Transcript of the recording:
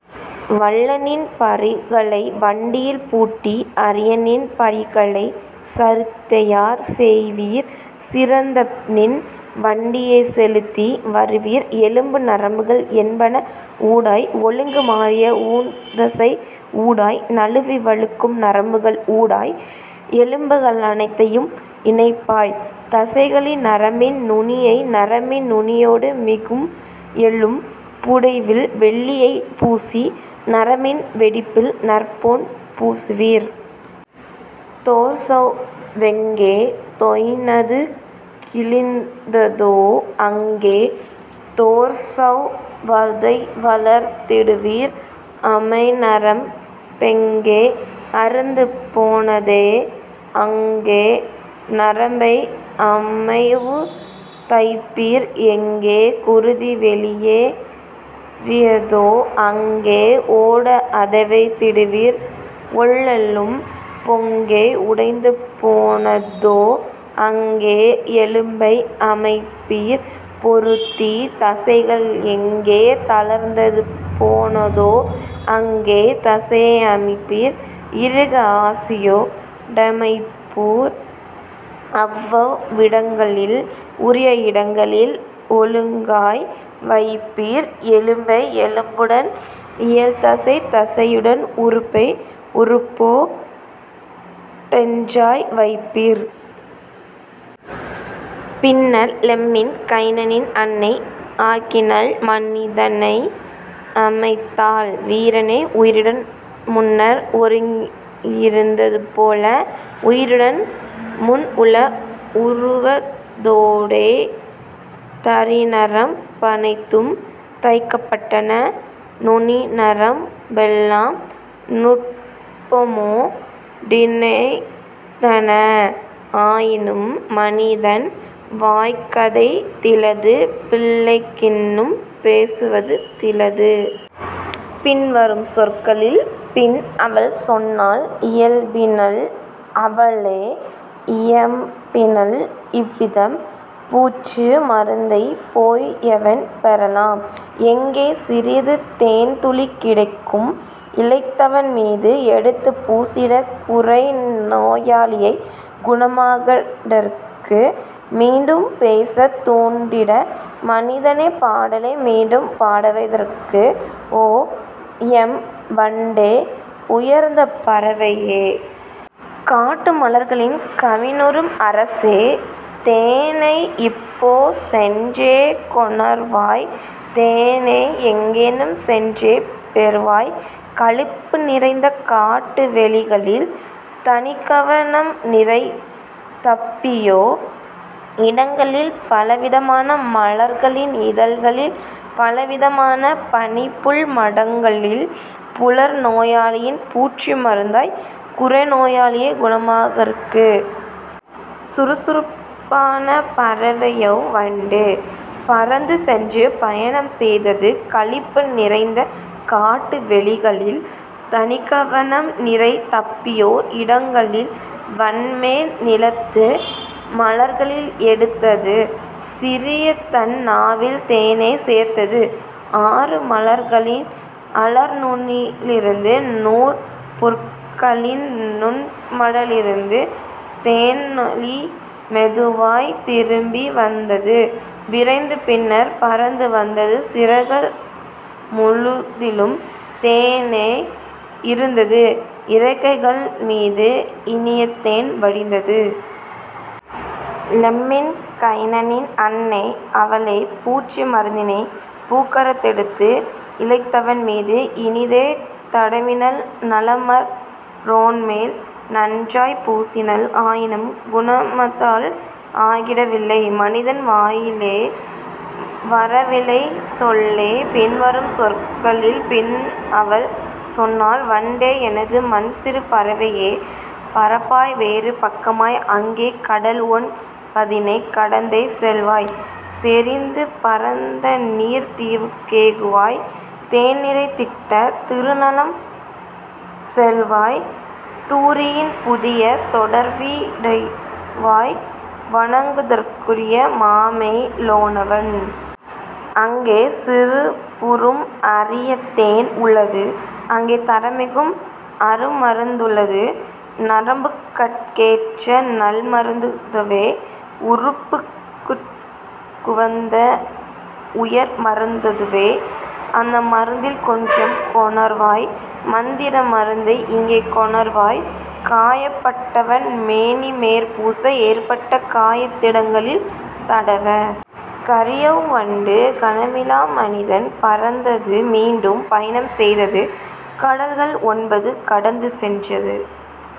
வல்லநின் பரிகளை வண்டியில் பூட்டி அரியநின் பரிகளை சரித்தயார் செய்வீர் சிறந்தநின் வண்டியைச் செலுத்தி வருவீர் எலும்பு நரம்புகள் என்பன ஊடாய் ஒழுங்கு மாறிய ஊன்தசை ஊடாய் நழுவி வழுக்கும் நரம்புகள் ஊடாய்; எலும்புகள் அனைத்தையும் இணைப்பாய் தசைகளில் நரம்பின் நுனியை நரம்பின் நுனியொடு மிகும்எலும் புடைவில் வெள்ளியைப் பூசி நரம்பின் வெடிப்பில் நற்பொன் பூசுவீர். தோற்சவ் வெங்கே தொய்நது கிழிந்ததோ அங்கே தோற்சவ் வதைவளர்த் திடுவீர் அமைநரம் பெங்கே அறுந்து போனதோ அங்கே நரம்பை அமைவுறத் தைப்பீர் எங்கே குருதி வெளியே றியதோ அங்கே ஓட அதைவைத் திடுவீர் ஒள்ளெலும் பெங்கே உடைந்து போனதோ அங்கே எலும்பை அமைப்பீர் பொருத்தி தசைகள் எங்கே தளர்ந்து போனதோ அங்கே தசையை அமைப்பீர் இறுக ஆசியோ டமைப்பீர் அவ்வவ் விடங்களில் உரிய இடங்களில் ஒழுங்காய் வைப்பீர் எலும்பை எலும்புடன் இயல்தசை தசையுடன் உறுப்பை உறுப்போ டொன்றாய் வைப்பீர். " பின்னர் லெம்மின் கைனனின் அன்னை ஆக்கினள் மனிதனை அமைத்தாள் வீரனை உயிருடன் முன்னர் ஒருங்கிருந் ததுபோல உயிருடன் முன்உள உருவத் தோடே. தரிநரம் பனைத்தும் தைக்கப் பட்டன நுனிநரம் பெல்லாம் நுட்பமோ டிணைந்தன ஆயினும் மனிதன் வாய்கதைத் திலது பிள்ளைக் கின்னும் பேச்சுவந் திலது. பின்வரும் சொற்களில் பின்அவள் சொன்னாள் இயம்பினள் அவளே இயம்பினள் இவ்விதம்: "பூச்சு மருந்தைப் போய்எவண் பெறலாம் எங்கே சிறிது தேன்துளி கிடைக்கும் இளைத்தவன் மீது எடுத்துப் பூசிட குறைநோ யாளியைக் குணமாக் கிடற்கு மீண்டும் பேசத் தூண்டிட மனிதனை பாடலை மீண்டும் பாடவைத் தற்கு? ஓ, எம் வண்டே, உயர்ந்த பறவையே! காட்டு மலர்களின் கவினுறும் அரசே! தேனை இப்போ சென்றே கொணர்வாய் தேனைஎங் கேனும் சென்றே பெறுவாய் களிப்பு நிறைந்த காட்டு வெளிகளில் தனிக்கவ னம்நிறை தப்பியோ இடங்களில் பலவிதமான மலர்களின் இதழ்களில் பலவித மான பனிப்புல் மடல்களில் புலர்நோ யாளியின் பூச்சு மருந்தாய் குறைநோ யாளியைக் குணமாக் கற்கு. " சுறுசுறுப் பான பறவையவ் வண்டு பறந்து சென்று பயணம் செய்தது களிப்பு நிறைந்த காட்டு வெளிகளில் தனிக்கவ னம்நிறை தப்பியோ இடங்களில் வன்மேல் நிலத்து மலர்களில் எடுத்தது சிறியதன் நாவில் தேனைச் சேர்த்தது ஆறு மலர்களின் அலர்நுனி யிருந்து நூறு புற்களின் நுண்மட லிருந்து; தேனளி மெதுவாய்த் திரும்பி வந்தது விரைந்து பின்னர் பறந்து வந்தது சிறகுகள் முழுதிலும் தேனே இருந்தது இறக்கைகள் மீது இனியதேன் வடிந்தது. லெம்மின் கைனனின் அன்னை அவளே பூச்சு மருந்தினைப் பூக்கரத் தெடுத்து இளைத்தவன் மீது இனிதே தடவினள் நலமற் றோன்மேல் நன்றாய்ப் பூசினள்; ஆயினும் குணமதால் ஆகிட வில்லை மனிதன் வாயிலே வரவிலைச் சொல்லே. பின்வரும் சொற்களில் பின்அவள் சொன்னாள்! "வண்டே, எனது மன்சிறு பறவையே! பறப்பாய் வேறு பக்கமாய் அங்கே கடல்ஒன் பதினைக் கடந்தே செல்வாய் செறிந்து பரந்தநீர்த் தீவுக் கேகுவாய் தேன்நிறைந் திட்ட திருநிலம் செல்வாய் தூரியின் புதிய தொடர்வீ டடைவாய் வணங்குதற் குரிய மாமே லோனவன். அங்கே சிறப்புறும் அரியதேன் உளது அங்கே தரமிகும் அருமருந் துளது நரம்புகட் கேற்ற நல்மருந் ததுவே உறுப்புகட் குவந்த உயர்மருந் ததுவே; அந்த மருந்தில் கொஞ்சம் கொணர்வாய் மந்திர மருந்தை இங்கே கொணர்வாய் காயப் பட்டவன் மேனிமேற் பூச ஏற்பட்ட காயத் திடங்களில் தடவ. " கரியஅவ் வண்டு கனமிலா மனிதன் பறந்தது மீண்டும் பயணம் செய்தது கடல்கள் ஒன்பது கடந்து சென்றது